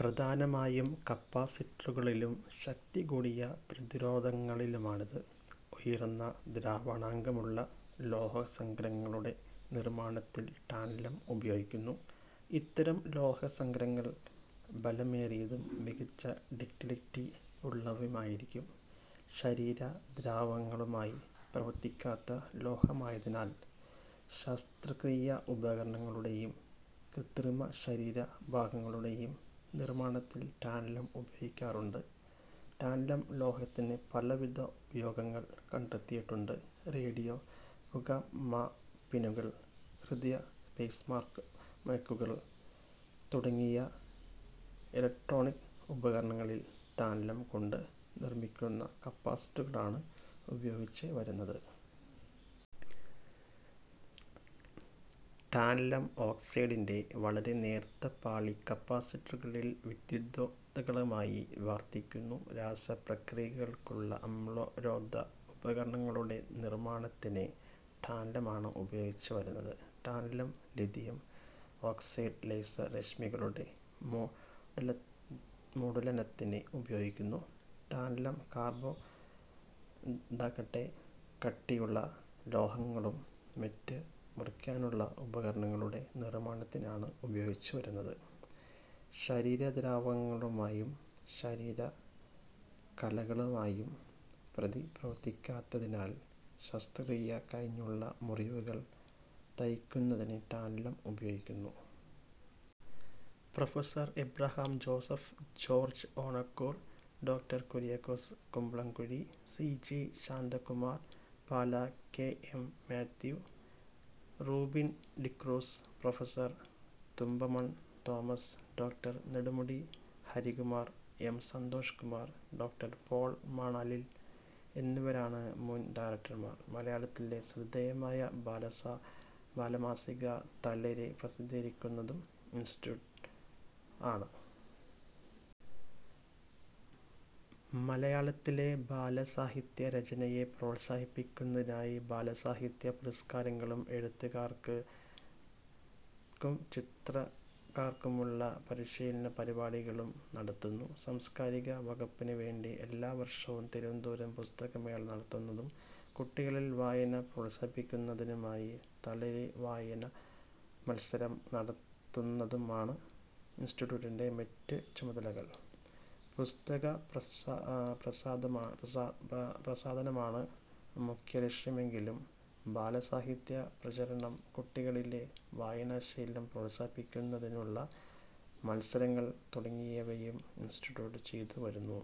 പ്രധാനമായും കപ്പാസിറ്ററുകളിലും ശക്തികൂടിയ പ്രതിരോധകങ്ങളിലുമാണിത്. ഉയർന്ന ദ്രവണാങ്കമുള്ള ലോഹസങ്കരങ്ങളുടെ നിർമ്മാണത്തിൽ ടാന്റലം ഉപയോഗിക്കുന്നു. ഇത്തരം ലോഹസങ്കരങ്ങൾ ബലമേറിയതും മികച്ച ഡക്ടിലിറ്റി ഉള്ളവയുമായിരിക്കും. ശരീരദ്രവങ്ങളുമായി പ്രവർത്തിക്കാത്ത ലോഹമായതിനാൽ ശസ്ത്രക്രീയാ ഉപകരണങ്ങളുടേയും കൃത്രിമ ശരീര ഭാഗങ്ങളുടേയും നിർമ്മാണത്തിൽ ടാന്റലം ഉപയോഗികാറുണ്ട്. ടാന്റലം ലോഹത്തിന് പലവിധ ഉപയോഗങ്ങൾ കണ്ടെത്തിയിട്ടുണ്ട്. റേഡിയോ, പുകമാപിനികൾ, ഹൃദയപേസ്മേക്കറുകൾ തുടങ്ങിയ ഇലക്ട്രോണിക് ഉപകരണങ്ങളിൽ ടാൻടലം കൊണ്ട് നിർമ്മിക്കുന്ന കപ്പാസിറ്ററുകളാണ് ഉപയോഗിച്ചു വരുന്നത്. ടാന്റലം ഓക്സൈഡിന്റെ വളരെ നേർത്ത പാളി കപ്പാസിറ്ററുകളിൽ വിദ്യുത്രോധകങ്ങളായി വർത്തിക്കുന്നു. രാസപ്രക്രിയകൾക്കുള്ള അമ്ലരോധ ഉപകരണങ്ങളുടെ നിർമ്മാണത്തിന് ടാന്റലം ആണ് ഉപയോഗിച്ചു വരുന്നത്. ടാന്റലം-ലിഥിയം ഓക്സൈഡ് ലേസർ രശ്മികളുടെ മോഡുലനത്തിന് ഉപയോഗിക്കുന്നു. ടാന്റലം കാർബൈഡാകട്ടെ കട്ടിയുള്ള ലോഹങ്ങളും മറ്റും മുറിക്കാനുള്ള ഉപകരണങ്ങളുടെ നിർമ്മാണത്തിനാണ് ഉപയോഗിച്ചുവരുന്നത്. ശരീരദ്രാവകങ്ങളുമായും ശരീര കലകളുമായും പ്രതിപ്രവർത്തിക്കാത്തതിനാൽ ശസ്ത്രക്രിയ കഴിഞ്ഞുള്ള മുറിവുകൾ തയ്ക്കുന്നതിന് ടാന്റലം ഉപയോഗിക്കുന്നു. Prof. Abraham Joseph, George Onakkoor, ഡോ. Kurias Kumbalakuzhi, C. G. Shantakumar, Pala K. M. Mathew, Rubin D'Cruz, prof. Thumpamon Thomas, ഡോ. നെടുമുടി ഹരികുമാർ, എം സന്തോഷ് കുമാർ, ഡോ. പോൾ മണലിൽ എന്നിവരായിരുന്നു മുൻ ഡയറക്ടർമാർ. മലയാളത്തിലെ ശ്രദ്ധേയമായ ബാലമാസിക തളിര് പ്രസിദ്ധീകരിക്കുന്നതും ഇൻസ്റ്റിറ്റ്യൂട്ട് ആണ്. മലയാളത്തിലെ ബാലസാഹിത്യ രചനയെ പ്രോത്സാഹിപ്പിക്കുന്നതിനായി ബാലസാഹിത്യ പുരസ്കാരങ്ങളും എഴുത്തുകാർക്കും ചിത്രകാർക്കുമുള്ള പരിശീലന പരിപാടികളും നടത്തുന്നു. സാംസ്കാരിക വകുപ്പിനുവേണ്ടി എല്ലാവർഷവും തിരുവനന്തപുരം പുസ്തകമേള നടത്തുന്നതും കുട്ടികളിൽ വായന പ്രോത്സാഹിപ്പിക്കുന്നതിനായി തളിര് വായനാമത്സരം നടത്തുന്നതുമാണു് ഇൻസ്റ്റിറ്റ്യൂട്ടിന്റെ മറ്റു ചുമതലകൾ. പുസ്തകപ്രസാധനമാണ് മുഖ്യലക്ഷ്യമെങ്കിലും ബാലസാഹിത്യ പ്രചാരണം, കുട്ടികളിലെ വായനാശീലം പ്രോത്സാഹിപ്പിക്കുന്നതിനുള്ള മത്സരങ്ങൾ തുടങ്ങിയവയും ഇൻസ്റ്റിറ്റ്യൂട്ട് ചെയ്ത് വരുന്നു.